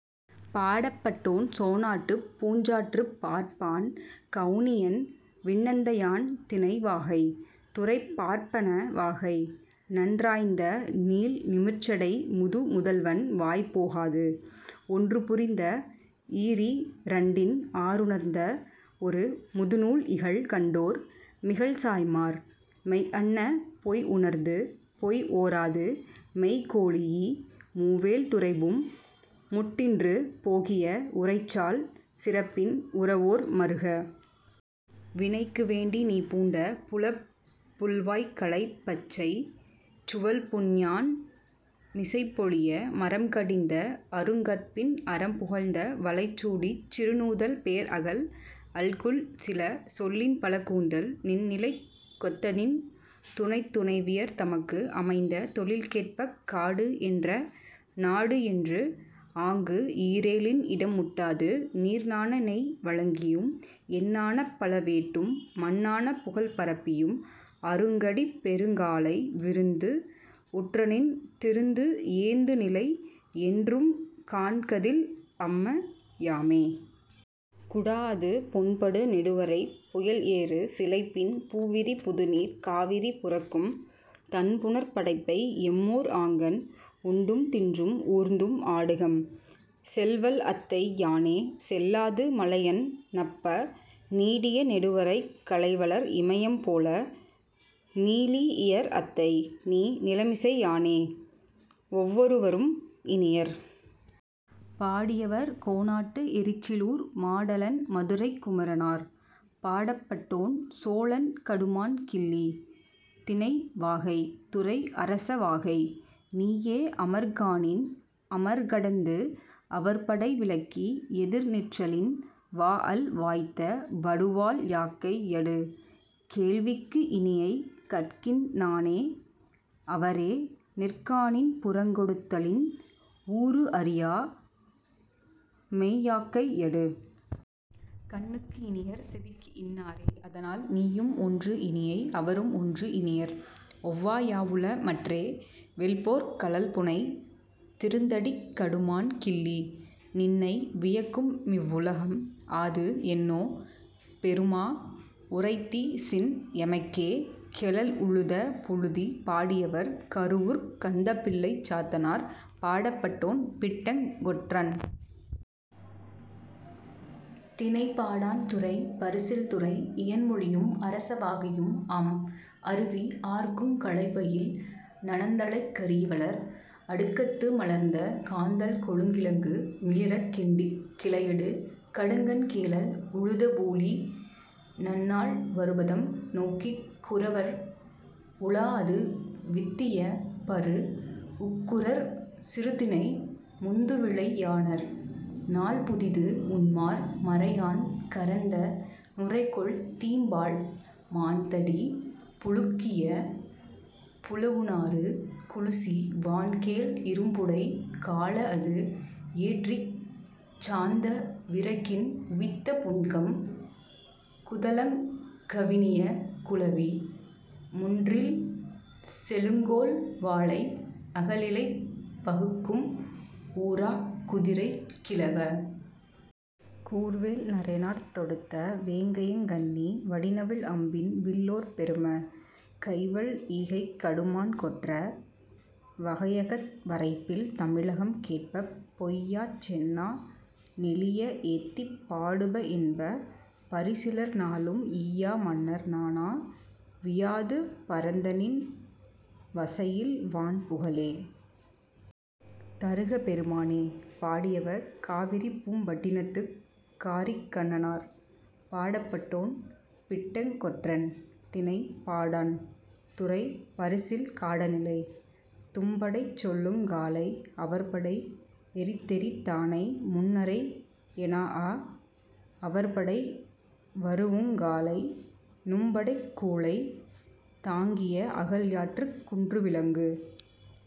பாடப்பட்டோன்: சோணாட்டுப் பூஞ்சாற்றூர்ப் பார்ப்பான் கௌணியன் விண்ணந்தயான். திணை: வாகை. துறை: பார்ப்பன வாகை. நன் றாய்ந்த நீள் நிமிர்சடை முது முதல்வன் வாய் போகாது, ஒன்று புரிந்த ஈரி ரண்டின், ஆறுணர்ந்த ஒரு முதுநூல் இகல் கண்டோர் மிகல் சாய்மார், மெய் அன்ன பொய் உணர்ந்து, பொய் ஓராது மெய் கொளீஇ, மூவேழ் துறைபும் முட்டின்று போகிய உரைசால் சிறப்பின் உரவோர் மருக! வினைக்கு வேண்டி நீ பூண்ட புலப் புல்வாய்க் கலைப் பச்சை சுவல் பூண்ஞான் மிசைப் பொலிய; மறம் கடிந்த அருங் கற்பின், அறம் புகழ்ந்த வலை சூடிச், சிறு நுதல், பேர் அகல் அல்குல், சில சொல்லின் பல கூந்தல், நின் நிலைக் கொத்தநின் துணைத் துணைவியர் தமக்கு அமைந்த தொழில் கேட்பக்; காடு என்றா நாடுஎன்று ஆங்கு ஈரேழின் இடம் முட்டாது, நீர் நாண நெய் வழங்கியும், எண் நாணப் பல வேட்டும், மண் நாணப் புகழ் பரப்பியும், அருங் கடிப் பெருங் காலை, விருந்து உற்றநின் திருந்து ஏந்துநிலை, என்றும், காண்கதில் அம்ம, யாமே! குடாஅது பொன்படு நெடுவரைப் புயல்ஏறு சிலைப்பின், பூவிரி புதுநீர்க் காவிரி புரக்கும் தண்புனற் படப்பை எம்மூர் ஆங்கண், உண்டும் தின்றும் ஊர்ந்தும் ஆடுகம்; செல்வல் அத்தை யானே; செல்லாது, மழைஅண் ணப்ப நீடிய நெடுவரைக் கழைவளர் இமயம்போல, நிலீஇயர் அத்தை, நீ நிலமிசை யானே?. ஒவ்வொருவரும் இனியர்! பாடியவர்: கோனாட்டு எறிச்சிலூர் மாடலன் மதுரைக் குமரனார். பாடப்பட்டோன்: சோழன் கடுமான் கிள்ளி. திணை: வாகை. துறை: அரச வாகை. நீயே, அமர்காணின் அமர்கடந்து, அவர் படை விலக்கி எதிர் நிற்றலின், வாஅள் வாய்த்த வடுவாழ் யாக்கை யடு, கேள்விக்கு இனியை, கட்கின் னாயே! அவரே, நிற்காணின் புறங் கொடுத்தலின், ஊறுஅறியா மெய் யாக்கை யடு. கண்ணுக்கு இனியர்; செவிக்குஇன் னாரே! அதனால், நீயும் ஒன்று இனியை; அவரும்ஒன்றுஇனியர்; ஒவ்வா யாவுள, மற்றே? வெல்போர்க் கழல்புனை திருந்தடிக் கடுமான் கிள்ளி! நின்னை வியக்குமிவ் வுலகம்; அ·து என்னோ? பெரும! உரைத்திசின் எமக்கே.. கேழல் உழுத புழுதி! பாடியவர்: கருவூர்க் கந்தப்பிள்ளைச் சாத்தனார். பாடப்பட்டோன்: பிட்டங் கொற்றன். திணை: பாடாண். துறை: பரிசில் துறை; இயன்மொழியும், அரச வாகையும் ஆம். அருவி ஆர்க்குங் கழைபயில் நனந்தலைக் கறிவளர் அடுக்கத்து மலர்ந்த காந்தள் கொழுங்கிழங்கு மிளிரக் கிண்டிக், கிளையடு, கடுங்கண் கேழல் உழுத பூழி, நன்னாள் வருபதம் நோக்கிக், குறவர் உழாஅது வித்திய பரூஉக்குரற் சிறுதினை முந்துவிளை யாணர் நாள்புதிது உண்மார், மரையான் கறந்த நுரைகொள் தீம்பால், மான்தடி புழுக்கிய புலவுநாறு குழிசி வான்கேழ் இரும்புடை கழாஅது, ஏற்றிச், சாந்த விறகின் உவித்த புன்கம், கூதளங் கவினிய குளவி முன்றில், செழுங்கோள் வாழை அகல்இலைப் பகுக்கும் ஊராக் குதிரைக் கிழவ! கூர்வேல், நறைநார்த் தொடுத்த வேங்கையங் கண்ணி, வடிநவில் அம்பின் வில்லோர் பெரும! கைவள் ஈகைக் கடுமான் கொற்ற! வையக வரைப்பில் தமிழகம் கேட்பப், பொய்யாச் செந்நா நெளிய ஏத்திப் பாடுப என்ப பரிசிலர், நாளும்; ஈயா மன்னர் நாண, வீயாது பரந்தநின் வசையில் வான் புகழே!. தருக பெருமானே! பாடியவர்: காவிரிபூம் பட்டினத்துக் காரிக்கண்ணனார். பாடப்பட்டோன்: பிட்டங்கொற்றன். திணை: பாடாண். துறை: பரிசில் கடாநிலை. நும்படை செல்லுங் காலை, அவர்படை எறித்தெறி தானை முன்னரை எனாஅ, அவர்படை வருஉங் காலை, நும்படைக் கூழை தாங்கிய, அகல் யாற்றுக் குன்று விலங்கு